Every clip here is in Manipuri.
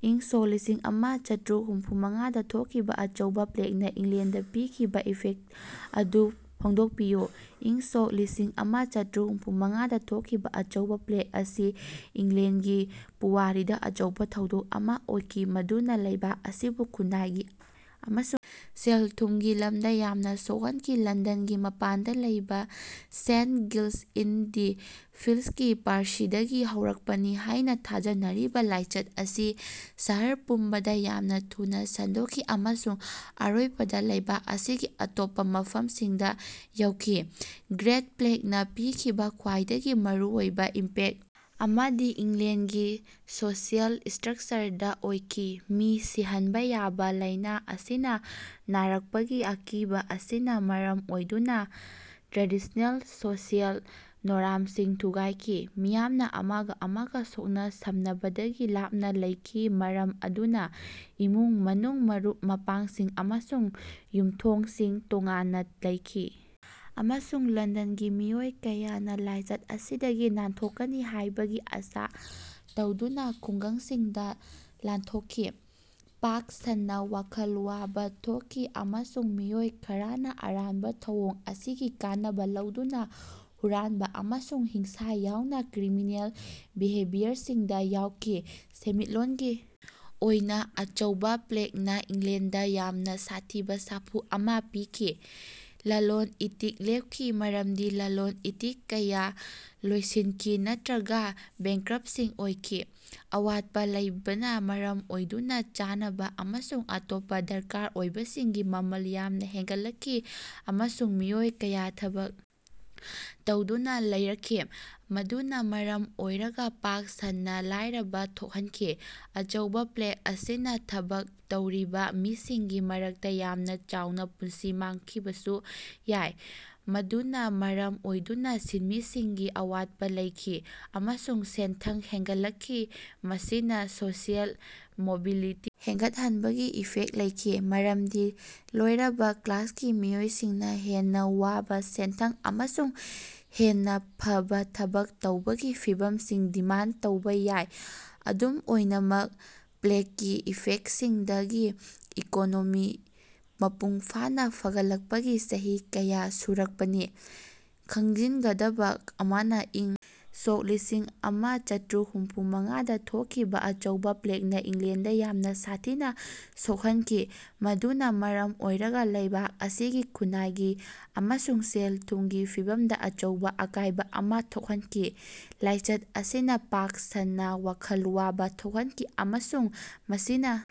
ꯏꯪ ꯁꯣꯛ ꯂꯤꯁꯤꯡꯑꯃꯥ ꯆꯥꯇ꯭ꯔꯨꯛ ꯍꯨꯝꯐꯨꯃꯉꯥꯗꯥ ꯊꯣꯛꯈꯤꯕꯥ ꯑꯆꯧꯕꯥ ꯄ꯭ꯂꯦꯛꯅꯥ ꯏꯪꯂꯦꯟꯗꯥ ꯄꯤꯈꯤꯕꯥ ꯏꯐꯦꯛꯇ ꯑꯗꯨ ꯐꯣꯡꯗꯣꯛꯄꯤꯌꯨ꯫ ꯏꯪ ꯁꯣꯛ ꯂꯤꯁꯤꯡꯑꯃꯥ ꯆꯥꯇ꯭ꯔꯨꯛ ꯍꯨꯝꯐꯨꯃꯉꯥꯗꯥ ꯊꯣꯛꯈꯤꯕꯥ ꯑꯆꯧꯕꯥ ꯄ꯭ꯂꯦꯛ ꯑꯁꯤ ꯏꯪꯂꯦꯟꯒꯤ ꯄꯨꯋꯥꯔꯤꯗꯥ ꯑꯆꯧꯕꯥ ꯊꯧꯗꯣꯛ ꯑꯃꯥ ꯑꯣꯏꯈꯤ, ꯃꯗꯨꯅꯥ ꯂꯩꯕꯥꯛ ꯑꯁꯤꯕꯨ ꯈꯨꯟꯅꯥꯏꯒꯤ ꯑꯃꯁꯨꯡ ꯁꯦꯜ-ꯊꯨꯝꯒꯤ ꯂꯝꯗꯥ ꯌꯥꯝꯅꯥ ꯁꯣꯛꯍꯟꯈꯤ꯫ ꯂꯟꯗꯟꯒꯤ ꯃꯄꯥꯟꯗꯥ ꯂꯩꯕꯥ ꯁꯦꯟꯇ ꯒꯤꯜꯁ-ꯏꯟ-ꯗꯤ-ꯐꯤꯜꯁꯀꯤ ꯄꯥꯔꯁꯤꯗꯒꯤ ꯍꯧꯔꯛꯄꯅꯤ ꯍꯥꯏꯅꯥ ꯊꯥꯖꯅꯔꯤꯕꯥ ꯂꯥꯏꯆꯠ ꯑꯁꯤ ꯁꯍꯔ ꯄꯨꯝꯕꯗꯥ ꯌꯥꯝꯅꯥ ꯊꯨꯅꯥ ꯁꯟꯗꯣꯛꯈꯤ ꯑꯃꯁꯨꯡ ꯑꯔꯣꯏꯕꯗꯥ ꯂꯩꯕꯥꯛ ꯑꯁꯤꯒꯤ ꯑꯇꯣꯞꯄꯥ ꯃꯐꯝꯁꯤꯡꯗꯥ ꯌꯧꯈꯤ꯫ ꯒ꯭ꯔꯦꯠ ꯄ꯭ꯂꯦꯛꯅꯥ ꯄꯤꯈꯤꯕꯥ ꯈ꯭ꯋꯥꯏꯗꯒꯤ ꯃꯔꯨꯑꯣꯏꯕꯥ ꯏꯝꯄꯦꯛ ꯑꯃꯗꯤ ꯏꯪꯂꯦꯟꯒꯤ ꯁꯣꯁꯤꯑꯦꯜ ꯏꯁꯇ꯭ꯔꯛꯆꯔꯗꯥ ꯑꯣꯏꯈꯤ꯫ ꯃꯤ ꯁꯤꯍꯟꯕꯥ ꯌꯥꯕ ꯂꯥꯏꯅꯥ ꯑꯁꯤꯅꯥ ꯅꯥꯔꯛꯄꯒꯤ ꯑꯀꯤꯕꯥ ꯑꯁꯤꯅꯥ ꯃꯔꯝ ꯑꯣꯏꯗꯨꯅꯥ ꯇ꯭ꯔꯦꯗꯤꯁꯅꯦꯜ ꯁꯣꯁꯤꯑꯦꯜ ꯅꯣꯔꯝꯁꯤꯡ ꯊꯨꯒꯥꯏꯈꯤ꯫ ꯃꯤꯌꯥꯝꯅꯥ ꯑꯃꯒꯥ ꯑꯃꯒꯥ ꯁꯣꯛꯅ-ꯁꯝꯅꯕꯗꯒꯤ ꯂꯥꯞꯅꯥ ꯂꯩꯈꯤ, ꯃꯔꯝ ꯑꯗꯨꯅꯥ ꯏꯃꯨꯡ-ꯃꯅꯨꯡ, ꯃꯔꯨꯞ-ꯃꯄꯥꯡꯁꯤꯡ ꯑꯃꯁꯨꯡ ꯌꯨꯝꯊꯣꯡꯁꯤꯡ ꯇꯣꯉꯥꯟꯅꯥ ꯂꯩꯈꯤ ꯑꯃꯁꯨꯡ ꯂꯟꯗꯟꯒꯤ ꯃꯤꯑꯣꯏ ꯀꯌꯥꯅꯥ ꯂꯥꯏꯆꯠ ꯑꯁꯤꯗꯒꯤ ꯅꯥꯟꯊꯣꯛꯀꯅꯤ ꯍꯥꯏꯕꯒꯤ ꯑꯥꯁꯥ ꯇꯧꯗꯨꯅꯥ ꯈꯨꯡꯒꯪꯁꯤꯡꯗꯥ ꯂꯥꯟꯊꯣꯛꯈꯤ꯫ ꯄꯥꯛ ꯁꯟꯅꯥ ꯋꯥꯈꯜ ꯋꯥꯕꯥ ꯊꯣꯛꯈꯤ ꯑꯃꯁꯨꯡ ꯃꯤꯑꯣꯏ ꯈꯔꯅꯥ ꯑꯔꯥꯟꯕꯥ ꯊꯧꯑꯣꯡ ꯑꯁꯤꯒꯤ ꯀꯥꯟꯅꯕꯥ ꯂꯧꯗꯨꯅꯥ ꯍꯨꯔꯥꯟꯕꯥ ꯑꯃꯁꯨꯡ ꯍꯤꯡꯁꯥ ꯌꯥꯎꯅꯥ ꯀ꯭ꯔꯤꯃꯤꯅꯦꯜ ꯕꯤꯍꯦꯕꯤꯌꯔꯁꯤꯡꯗꯥ ꯌꯥꯎꯈꯤ꯫ ꯁꯦꯟꯃꯤꯠꯂꯣꯟꯒꯤ ꯑꯣꯏꯅꯥ ꯑꯆꯧꯕꯥ ꯄ꯭ꯂꯦꯛꯅꯥ ꯏꯪꯂꯦꯟꯗꯗꯥ ꯌꯥꯝꯅꯥ ꯁꯥꯊꯤꯕꯥ ꯁꯥꯐꯨ ꯑꯃꯥ ꯄꯤꯈꯤ꯫ ꯂꯂꯣꯟ-ꯏꯇꯤꯛ ꯂꯦꯞꯈꯤ, ꯃꯔꯝꯗꯤ ꯂꯂꯣꯟ-ꯏꯇꯤꯛ ꯀꯌꯥ ꯂꯣꯏꯁꯤꯟꯈꯤ ꯅꯠꯇ꯭ꯔꯒꯥ ꯕꯦꯡꯀ꯭ꯔꯞꯁꯤ ꯑꯣꯏꯈꯤ꯫ ꯑꯋꯥꯠꯄꯥ ꯂꯩꯕꯅꯥ ꯃꯔꯝ ꯑꯣꯏꯗꯨꯅꯥ ꯆꯥꯅꯕꯥ ꯑꯃꯁꯨꯡ ꯑꯇꯣꯞꯄꯥ ꯗꯔꯀꯥꯔ ꯑꯣꯏꯕꯁꯤꯡꯒꯤ ꯃꯃꯜ ꯌꯥꯝꯅꯥ ꯍꯦꯟꯒꯠꯂꯛꯈꯤꯑꯃꯁꯨꯡ ꯃꯤꯑꯣꯏ ꯀꯌꯥ ꯊꯕꯛ ꯇꯧꯗꯅꯥ ꯂꯩꯔꯛꯈꯤ, ꯃꯗꯨꯅꯥ ꯃꯔꯝ ꯑꯣꯏꯔꯒꯥ ꯄꯥꯛ ꯁꯟꯅꯥ ꯂꯥꯏꯔꯕꯥ ꯊꯣꯛꯍꯟꯈꯤ꯫ ꯑꯆꯧꯕꯥ ꯄ꯭ꯂꯦꯛ ꯑꯁꯤꯅꯥ ꯊꯕꯛ ꯇꯧꯔꯤꯕꯥ ꯃꯤꯁꯤꯡꯒꯤ ꯃꯔꯛꯇꯥ ꯌꯥꯝꯅꯥ ꯆꯥꯎꯅꯥ ꯄꯨꯟꯁꯤ ꯃꯥꯡꯈꯤꯕꯁꯨ ꯌꯥꯏ, ꯃꯗꯨꯅꯥ ꯃꯔꯝ ꯑꯣꯏꯗꯨꯅꯥ ꯁꯤꯟꯃꯤꯁꯤꯡꯒꯤ ꯑꯋꯥꯠꯄꯥ ꯂꯩꯈꯤ ꯑꯃꯁꯨꯡ ꯁꯦꯟꯊꯪ ꯍꯦꯟꯒꯠꯂꯛꯈꯤ꯫ ꯃꯁꯤꯅꯥ ꯁꯣꯁꯤꯑꯦꯜ ꯃꯣꯕꯤꯂꯤꯇꯤ ꯍꯦꯟꯒꯠꯍꯟꯕꯒꯤ ꯏꯐꯦꯛ ꯂꯩꯈꯤ, ꯃꯔꯝꯗꯤ ꯂꯣꯏꯔꯕꯥ ꯀ꯭ꯂꯥꯁꯀꯤ ꯃꯤꯑꯣꯏꯁꯤꯡꯅꯥ ꯍꯦꯟꯅꯥ ꯋꯥꯡꯕꯥ ꯁꯦꯟꯊꯪ ꯑꯃꯁꯨꯡ ꯍꯦꯟꯅꯥ ꯐꯕꯥ ꯊꯕꯛ ꯇꯧꯕꯒꯤ ꯐꯤꯚꯝꯁꯤꯡ ꯗꯤꯃꯥꯟꯗ ꯇꯧꯕꯥ ꯌꯥꯏ꯫ ꯑꯗꯨꯝ ꯑꯣꯏꯅꯃꯛ, ꯄ꯭ꯂꯦꯛꯀꯤ ꯏꯐꯦꯛꯁꯤꯡꯗꯒꯤ ꯏꯀꯣꯅꯣꯃꯤ ꯃꯄꯨꯡ ꯐꯥꯅꯥ ꯐꯒꯠꯂꯛꯄꯒꯤ ꯆꯍꯤ ꯀꯌꯥ ꯁꯨꯔꯛꯄꯅꯤ꯫ ꯈꯪꯖꯤꯟꯒꯗꯕꯥ ꯑꯃꯅꯥ, ꯏꯪ ꯁꯣꯛ ꯂꯤꯁꯤꯡꯑꯃꯥ ꯆꯥꯇ꯭ꯔꯨꯛ ꯍꯨꯝꯐꯨꯃꯉꯥꯗꯥ ꯊꯣꯛꯈꯤꯕꯥ ꯑꯆꯧꯕꯥ ꯄ꯭ꯂꯦꯛꯅꯥ ꯏꯪꯂꯦꯟꯗꯥ ꯌꯥꯝꯅꯥ ꯁꯥꯊꯤꯅꯥ ꯁꯣꯛꯍꯟꯈꯤ, ꯃꯗꯨꯅꯥ ꯃꯔꯝ ꯑꯣꯏꯔꯒꯥ ꯂꯩꯕꯥꯛ ꯑꯁꯤꯒꯤ ꯈꯨꯟꯅꯥꯏꯒꯤ ꯑꯃꯁꯨꯡ ꯁꯦꯜ-ꯊꯨꯝꯒꯤ ꯐꯤꯚꯝꯗꯥ ꯑꯆꯧꯕꯥ ꯑꯀꯥꯏꯕꯥ ꯑꯃꯥ ꯊꯣꯛꯍꯟꯈꯤ꯫ ꯂꯥꯏꯆꯠ ꯑꯁꯤꯅꯥ ꯄꯥꯛ ꯁꯟꯅꯥ ꯋꯥꯈꯜ ꯋꯥꯕꯥ ꯊꯣꯛꯍꯟꯈꯤ ꯑꯃꯁꯨꯡ ꯃꯁꯤꯅꯥ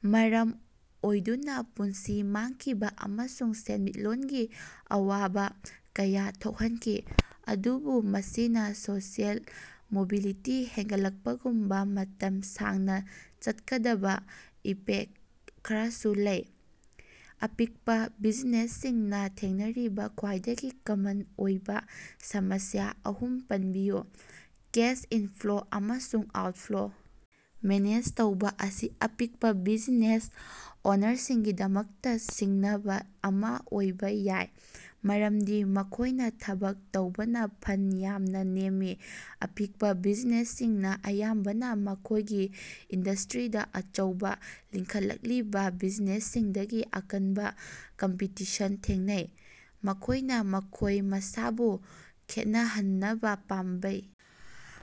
ꯃꯔꯝ ꯑꯣꯏꯗꯨꯅꯥ ꯄꯨꯟꯁꯤ ꯃꯥꯡꯈꯤꯕꯥ ꯑꯃꯁꯨꯡ ꯁꯦꯟꯃꯤꯠꯂꯣꯟꯒꯤ ꯑꯋꯥꯕꯥ ꯀꯌꯥ ꯊꯣꯛꯍꯟꯈꯤ, ꯑꯗꯨꯕꯨ ꯃꯁꯤꯅꯥ ꯁꯣꯁꯤꯑꯦꯜ ꯃꯣꯕꯤꯂꯤꯇꯤ ꯍꯦꯟꯒꯠꯂꯛꯄꯒꯨꯝꯕꯥ ꯃꯇꯝ ꯁꯥꯡꯅꯥ ꯆꯠꯀꯗꯕꯥ ꯏꯐꯦꯛꯇ ꯈꯔꯁꯨ ꯂꯩꯈꯤ꯫ ꯑꯄꯤꯀꯄꯥ ꯕꯤꯖꯤꯅꯦꯁꯁꯤꯡꯅꯥ ꯊꯦꯡꯅꯔꯤꯕꯥ ꯈ꯭ꯋꯥꯏꯗꯒꯤ ꯀꯃꯟ ꯑꯣꯏꯕꯥ ꯁꯃꯁ꯭ꯌꯥ ꯑꯍꯨꯝ ꯄꯟꯕꯤꯌꯨ꯫ ꯀꯦꯁ ꯏꯟꯐ꯭ꯂꯣ ꯑꯃꯁꯨꯡ ꯑꯥꯎꯠꯐ꯭ꯂꯣ ꯃꯦꯅꯦꯖ ꯇꯧꯕꯥ ꯑꯁꯤ ꯑꯄꯤꯛꯄꯥ ꯕꯤꯖꯤꯅꯦꯁ ꯑꯣꯅꯔꯁꯤꯡꯒꯤꯗꯃꯛꯇꯥ ꯁꯤꯡꯅꯕꯥ ꯑꯃꯥ ꯑꯣꯏꯕꯥ ꯌꯥꯏ ꯃꯔꯝꯗꯤ ꯃꯈꯣꯏꯅꯥ ꯊꯕꯛ ꯇꯧꯅꯕꯥ ꯐꯟ ꯌꯥꯝꯅꯥ ꯅꯦꯝꯃꯤ꯫ ꯑꯄꯤꯛꯄꯥ ꯕꯤꯖꯤꯅꯦꯁꯁꯤꯡꯅꯥ ꯑꯌꯥꯝꯕꯅꯥ ꯃꯈꯣꯏꯒꯤ ꯏꯟꯗꯁꯇ꯭ꯔꯤꯗꯥ ꯑꯆꯧꯕꯥ, ꯂꯤꯡꯈꯠꯂꯛꯂꯤꯕꯥ ꯕꯤꯖꯤꯅꯦꯁꯁꯤꯡꯗꯒꯤ ꯑꯀꯟꯕꯥ ꯀꯝꯄꯤꯇꯤꯁꯟ ꯊꯦꯡꯅꯩ꯫ ꯃꯈꯣꯏꯅꯥ ꯃꯈꯣꯏ ꯃꯁꯥꯕꯨ ꯈꯦꯠꯅꯍꯟꯅꯕꯥ ꯄꯥꯝꯕꯩ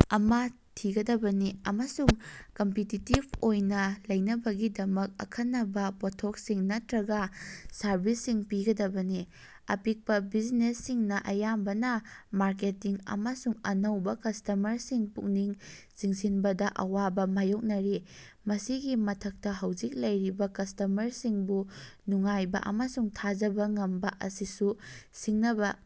ꯑꯃꯥ ꯊꯤꯒꯗꯕꯅꯤ ꯑꯃꯁꯨꯡ ꯀꯝꯄꯤꯇꯤꯇꯤꯞ ꯑꯣꯏꯅꯥ ꯂꯩꯅꯕꯒꯤꯗꯃꯛ ꯑꯈꯟꯅꯕꯥ ꯄꯣꯠꯊꯣꯛꯁꯤꯡ ꯅꯠꯇ꯭ꯔꯒꯥ ꯁꯔꯕꯤꯁꯁꯤꯡ ꯄꯤꯒꯗꯕꯅꯤ꯫ ꯑꯄꯤꯛꯄꯥ ꯕꯤꯖꯤꯅꯦꯁꯁꯤꯡꯅꯥ ꯑꯌꯥꯝꯕꯅꯥ ꯃꯥꯔꯀꯦꯇꯤꯡ ꯑꯃꯁꯨꯡ ꯑꯅꯧꯕꯥ ꯀꯁꯇꯃꯔꯁꯤꯡ ꯄꯨꯛꯅꯤꯡ ꯆꯤꯡꯁꯤꯟꯕꯗꯥ ꯑꯋꯥꯕꯥ ꯃꯥꯌꯣꯛꯅꯔꯤ꯫ ꯃꯁꯤꯒꯤ ꯃꯊꯛꯇꯥ, ꯍꯧꯖꯤꯛ ꯂꯩꯔꯤꯕꯥ ꯀꯁꯇ꯭ꯃꯔꯁꯤꯡꯕꯨ ꯅꯨꯡꯉꯥꯏꯕꯥ ꯑꯃꯁꯨꯡ ꯊꯥꯖꯕꯥ ꯊꯝꯕꯥ ꯑꯁꯤꯁꯨ ꯁꯤꯡꯅꯕꯥ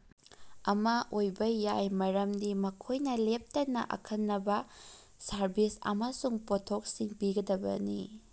ꯑꯃꯥ ꯑꯣꯏꯕꯥ ꯌꯥꯏ, ꯃꯔꯝꯗꯤ ꯃꯈꯣꯏꯅꯥ ꯂꯦꯞꯇꯅꯥ ꯑꯈꯟꯅꯕꯥ ꯁꯔꯚꯤꯁ ꯑꯃꯁꯨꯡ ꯄꯣꯠꯊꯣꯛꯁꯤꯡ ꯄꯤꯒꯗꯕꯅꯤ꯫